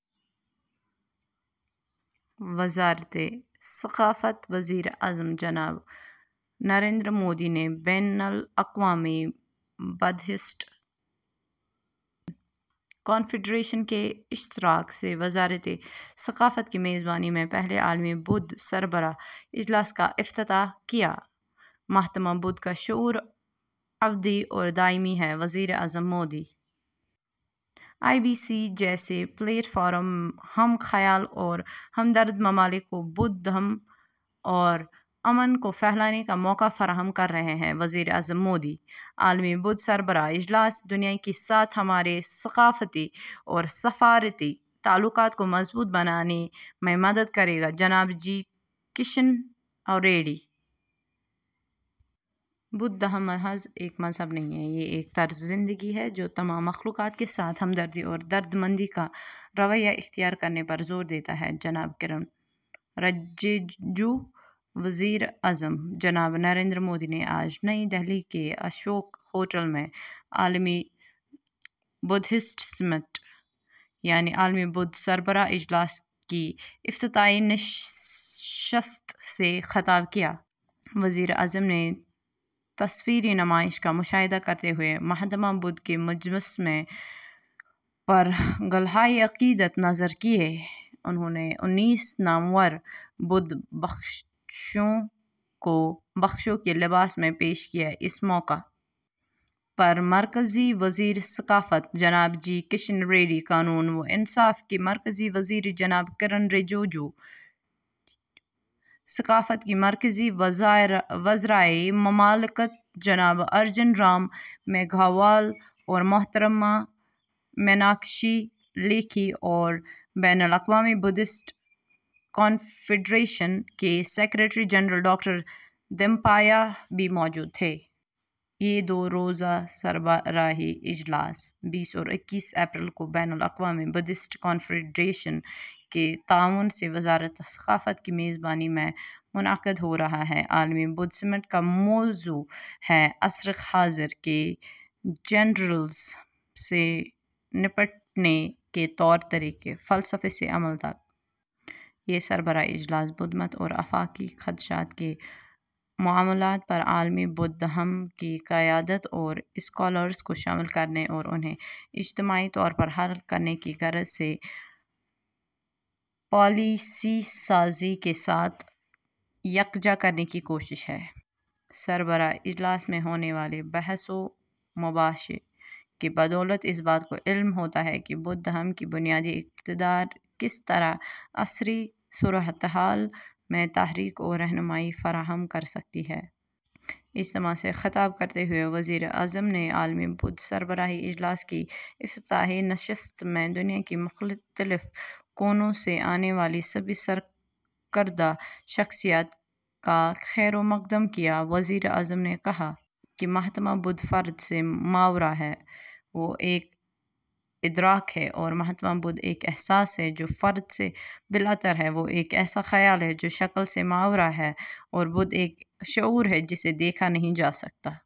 وزارتِ ثقافت۔ وزیر اعظم جناب نریندر مودی نے بین الاقوامی بدھسٹ کنفیڈریشن کے اشتراک سے وزارتِ ثقافت کی میزبانی میں پہلے عالمی بودھ سربراہ اجلاس کا افتتاح کیا۔ ''مہاتما بدھ کا شعور ابدی اور دائمی ہے'': وزیر اعظم مودی۔ ''آئی بی سی جیسے پلیٹ فارم ہم خیال اور ہمدرد ممالک کو بودھ دھم اور امن کو پھیلانے کا موقع فراہم کر رہے ہیں'': وزیر اعظم مودی۔ عالمی بودھ سربراہ اجلاس دنیا کے ساتھ ہمارے ثقافتی اور سفارتی تعلقات کو مضبوط بنانے میں مدد کرے گا: جناب جی کشن ریڈی۔ بودھ دھم محض ایک مذہب نہیں ہے، یہ ایک طرزِ زندگی ہے، جو تمام مخلوقات کے ساتھ ہمدردی اور درد مندی کا رویہ اختیار کرنے پر زور دیتا ہے: جناب کرن رجیجو۔ وزیر اعظم جناب نریندر مودی نے آج نئی دہلی کے اشوک ہوٹل میں عالمی بدھسٹ سمٹ، یعنی عالمی بودھ سربراہ اجلاس کی افتتاحی نشست سے خطاب کیا۔ وزیر اعظم نے تصویری نمائش کا مشاہدہ کرتے ہوئے مہاتما بدھ کے مجسمے پر گلہائے عقیدت نذر کیے۔ انہوں نے انیس نامور بودھ بھکشوؤں کو بھکشو کے لباس بھی پیش کیے۔ اس موقع پر مرکزی وزیر ثقافت جناب جی کشن ریڈی، قانون و انصاف کے مرکزی وزیر جناب کرن رجیجو، ثقافت کے مرکزی وزرائے مملکت جناب ارجن رام میگھوال اور محترمہ میناکشی لیکھی اور بین الاقوامی بدھسٹ کنفیڈریشن کے سکریٹری جنرل ڈاکٹر دھماپیا بھی موجود تھے۔ یہ دو روزہ سربراہی اجلاس، بیس اور اکیس اپریل کو بین الاقوامی بدھسٹ کنفیڈریشن کے تعاون سے وزارتِ ثقافت کی میزبانی میں منعقد ہو رہا ہے۔ عالمی بدھ سمٹ کا موضوع ہے ''عصرِ حاضر کے چیلنجز سے نمٹنے کے طور طریقے: فلسفے سے عمل تک''۔ یہ سربراہ اجلاس بدھ مت اور آفاقی خدشات کے معاملات پر عالمی بودھ دھم کی قیادت اور اسکالرز کو شامل کرنے اور انہیں اجتماعی طور پر حل کرنے کی غرض سے پالیسی سازی کے ساتھ یکجا کرنے کی کوشش ہے۔ سربراہ اجلاس میں ہونے والے بحث و مباحثے کی بدولت اس بات کا علم ہوتا ہے کہ بودھ دھم کی بنیادی اقدار کس طرح عصری صورتحال میں تحریک اور رہنمائی فراہم کر سکتی ہیں۔ اجتماع سے خطاب کرتے ہوئے وزیر اعظم نے عالمی بودھ سربراہی اجلاس کی افتتاحی نشست میں دنیا کے مختلف کونوں سے آنے والی سبھی سرکردہ شخصیات کا خیرمقدم کیا۔ وزیر اعظم نے کہا کہ ''مہاتما بدھ فرد سے ماورا ہیں، وہ ایک ادراک ہیں''، اور مہاتما بدھ ایک احساس ہیں، جو فرد سے بالاتر ہیں، وہ ایک ایسا خیال ہیں، جو شکل سے ماورا ہے اور بدھ ایک شعور ہیں، جسے دیکھا نہیں جا سکتا۔